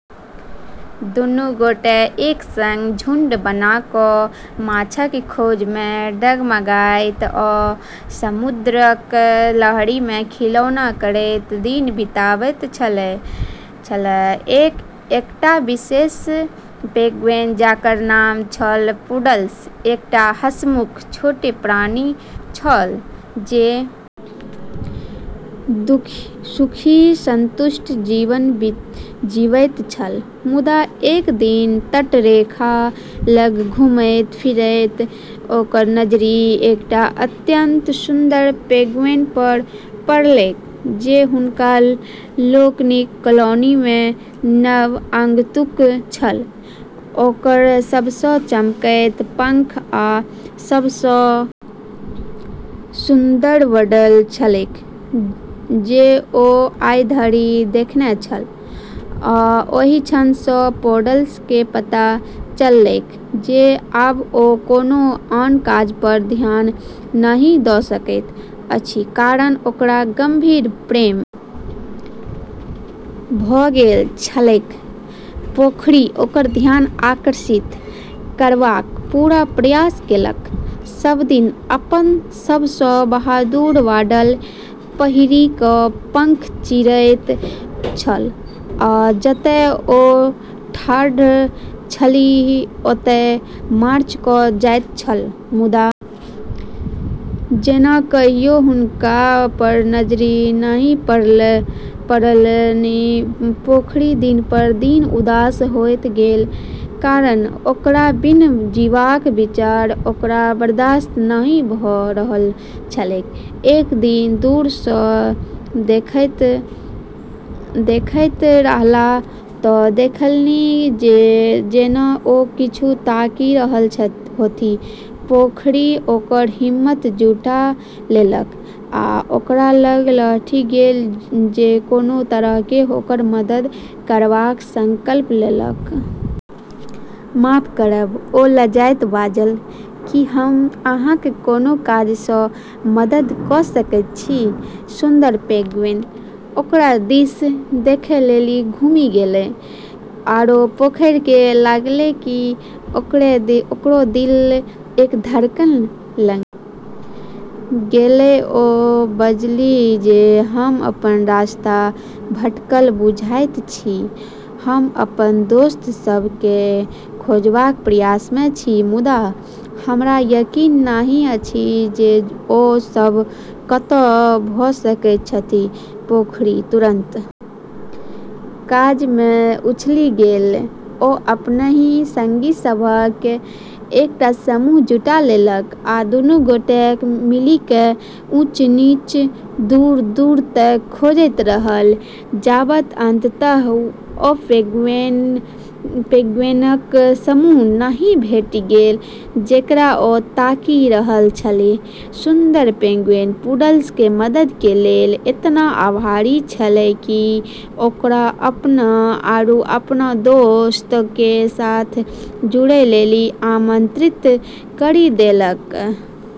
दुनू गोटे एक संग झुंड बना क माछक खोज मे डगमगाइत आ समुद्रक लहरि मे खिलौना करैत दिन बिताबैत छलाह, एकटा विशेष पेंगुइन जकर नाम छल पुडल्स, एकटा हंसमुख छोट प्राणी छल जे सुखी, संतुष्ट जीवन जीबैत छल मुदा एक दिन तटरेखा लग घुमैत-फिरैत ओकर नजरि एकटा अत्यंत सुन्दर पेंगुइन पर पड़लैक जे हुनका लोकनिक कॉलोनी मे नव आगंतुक छल ओकर सबसँ चमकैत पंख आ सभसँ सुन्दर वडल छलैक जे ओ आइ धरि देखने छल आ ओहि क्षण सँ पोडल्स केँ पता चललैक जे आब ओ कोनो आन काज पर ध्यान नहि द सकैत अछि कारण ओकरा गहींर प्रेम भ गेल छलैक, पोखरि ओकर ध्यान आकर्षित करबाक पूरा प्रयास केलक, सब दिन अपन सबसँ बहादुर वाडल पहिरि क पंख चीरैत छल आ जतय ओ ठाढ़ छलीह ओतय मार्च क जाइत छल मुदा जेना कहियो हुनका पर नजरि नहि पड़लनि, पोखरि दिन पर दिन उदास होइत गेल, कारण ओकरा बिना जीबाक विचार ओकरा बर्दाश्त नहि भ रहल छलैक, एक दिन दूर सँ देखैत रहलाह तऽ देखलनि जे जेना ओ किछु ताकि रहल होथि, पोखरि ओकर हिम्मत जुटा लेलक आ ओकरा लग लहटि गेल जे कोनो तरहेँ ओकर मदद करबाक संकल्प लेलक। माफ करब ओ लजाइत बाजल, की हम अहाँक कोनो काज मे मदद क सकैत छी? सुन्दर पेंगुइन ओकरा दिस देखै लेली घुमी गेलै आरो पोखर के लागलै कि ओकरो दिल एक धड़कन लंघी गेलै ओ बजलीह जे हम अपन रास्ता भटकल बुझाइत छी, हम अपन दोस्त सभ केँ खोजबाक प्रयास मे छी मुदा हमरा यकीन नहि अछि जे ओ सभ कत भ सकैत छथि, पोखरि तुरन्त काज मे उछलि गेल ओ अपनहि संगी सभक एकटा समूह जुटा लेलक आ दुनू गोटे मिलिकय ऊँच-नीच, दूर-दूर तक खोजैत रहल, जाबत अंततः ओ पेंगुइनक समूह नहि भेटि गेल जेकरा ओ ताकि रहल छलीह, सुन्दर पेंगुइन पुडल्स के मदद के लेलऽ एतना आभारी छेलै कि ओकरा अपनऽ आरू अपनऽ दोस्तऽ के साथ जुड़ै लेली आमंत्रित करी देलकै।